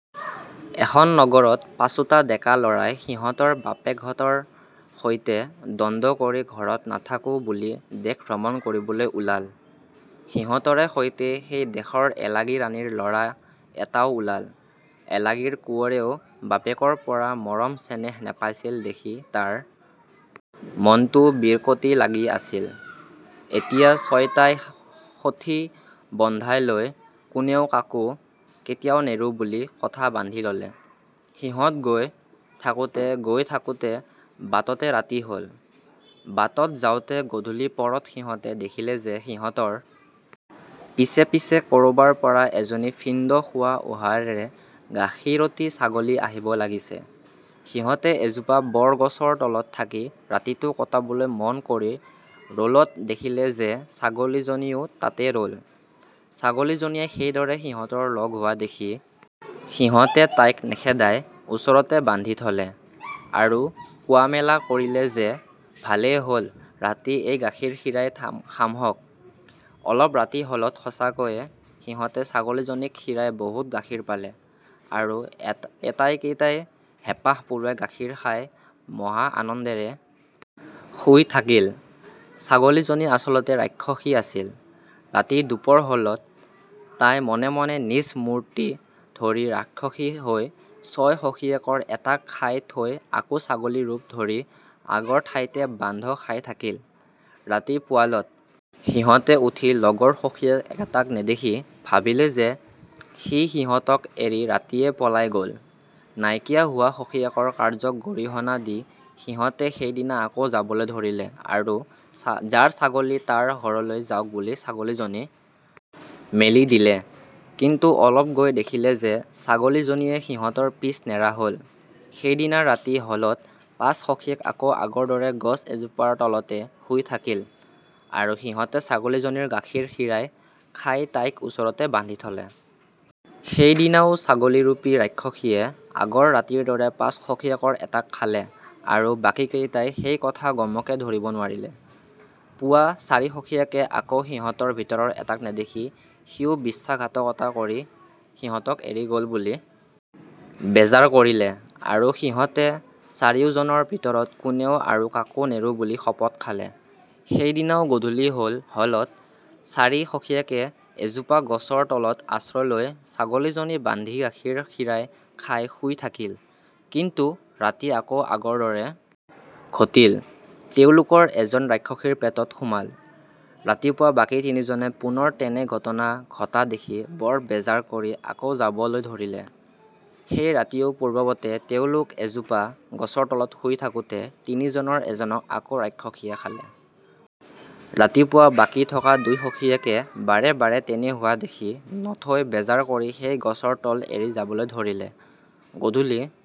এখন নগৰত পাঁচোটা ডেকা-লৰাই সিহঁতৰ বাপেকহঁতৰে সৈতে দন্দ কৰি ঘৰত নাথাকোঁ বুলি দেশ ভ্ৰমণ কৰিবলৈ ওলাল৷ সিহঁতৰে সৈতে সেই দেশৰ এলাগী ৰাণীৰ ল'ৰা এটাও ওলাল৷ এলাগীৰ কোঁৱৰেও বাপেকৰ পৰা মৰম-চেনেহ নেপাইছিল দেখি তাৰ মনতো বিৰকতি লাগি আছিল৷ এতিয়া ছয়োটাই সখি বন্ধাই লৈ কোনেও কাকো কেতিয়াও নেৰোঁ বুলি কথা বান্ধি ললে৷ সিহঁত গৈ থাকোঁতে গৈ থাকোঁতে বাটতে ৰাতি হ'ল৷ বাটত যাওঁতে গধূলি পৰত সিহঁতে দেখিলে যে সিহঁতৰ পিছে পিছে কৰবাৰ পৰা এজনী ফিন্দ খোৱা ওহাৰেৰে গাখীৰতী ছাগলী আহিব লাগিছে৷ সিহঁতে এজোপা বৰ-গছৰ তলত থাকি ৰাতিটো কটাবলৈ মন কৰি ৰ'লত দেখিলে যে ছাগলীজনীও তাতে ৰ'ল৷ ছাগলীজনীয়ে সেইদৰে সিহঁতৰ লগ লোৱা দেখি সিহঁতে তাইক নেখেদাই ওচৰতে বান্ধি থলে, আৰু কোৱামেলা কৰিলে যে "ভালেই হ'ল ৰাতি এইৰ গাখীৰ খীৰাই খামহঁক৷ "অলপ ৰাতি হ'লত সঁচাকৈয়ে সিহঁতে ছাগলীজনী খীৰাই বহুত গাখীৰ পালে, আৰু এটাইকেইটাই হেঁপাহ পলুৱাই গাখীৰ খাই মহা আনন্দেৰে শুই থাকিল৷ ছাগলীজনী আচলতে ৰাক্ষসী আছিল৷ ৰাতি দুপৰ হ'লত তাই মনে মনে নিজ মূৰ্ত্তি ধৰি ৰাক্ষসী হৈ ছয় সখিয়েকৰ এটাক খাই থৈ আকৌ ছাগলী ৰূপ ধৰি আগৰ ঠাইতে বান্ধ খাই থাকিল৷ ৰাতি পুৱালত সিহঁতে উঠি লগৰ সখিয়েক এটাক নেদেখি ভাবিলে যে সি সিহঁতক এৰি ৰাতিয়েই পলাই গ'ল৷ নাইকিয়া হোৱা সখিয়েকৰ কাৰ্য্যক গৰিহণা দি সিহঁতে সেইদিনা আকৌ যাবলৈ ধৰিলে আৰু যাৰ ছাগলী তাৰ ঘৰলৈ যাওক বুলি ছাগলীজনী মেলি দিলে৷ কিন্তু অলপ গৈ দেখিলে যে ছাগলীজনীয়ে সিহঁতৰ পিছ নেৰা হ'ল৷ সেইদিনা ৰাতি হ'লত পাঁচ সখিয়েক আকৌ আগৰদৰে গছ এজোপাৰ তলতে শুই থাকিল, আৰু সিহঁতে ছাগলীজনীৰ গাখীৰ খীৰাই খাই তাইক ওচৰতে বান্ধি থলে৷ সেই দিনাও ছাগলীৰূপী ৰাক্ষসীয়ে আগৰ ৰাতিৰদৰে পাঁচ সখিয়েকৰ এটাক খালে আৰু বাকী কেইটাই সেই কথা গমকে ধৰিব নোৱাৰিলে৷ পুৱা চাৰি সখিয়েকে আকৌ সিহঁতৰ ভিতৰৰ এটাক নেদেখি সিয়ো বিশ্বাসঘাটকতা কৰি সিহঁতক এৰি গ'ল বুলি বেজাৰ কৰিলে আৰু সিহঁতে চাৰিওজনৰ ভিতৰত কোনেও আৰু কাকো নেৰোঁ বুলি শপত খালে৷ সেইদিনাও গধূলি হ'লত চাৰি সখিয়েকে এজোপা গছৰ তলত আশ্ৰয় লৈ ছাগলীজনী বান্ধি গাখীৰ খীৰাই খাই শুই থাকিল; কিন্তু ৰাতি আকৌ আগৰদৰে ঘটিল, তেওঁলোকৰ এজন ৰাক্ষসীৰ পেটত সোমাল৷ ৰাতিপুৱা বাকী তিনিজনে পুনৰ তেনে ঘটনা ঘটা দেখি বৰ বেজাৰ কৰি আকৌ যাবলৈ ধৰিলে৷ সেই ৰাতিও পূৰ্ব্বৱতে তেওঁলোক এজোপা গছৰ তলত শুই থাকোতে তিনিজনৰ এজনক আকৌ ৰাক্ষসীয়ে খালে৷ ৰাতিপুৱা বাকি থকা দুই সখিয়েকে বাৰে বাৰে তেনে হোৱা দেখি নথৈ বেজাৰ কৰি সেই গছৰ তল এৰি যাবলৈ ধৰিলে৷ গধূলি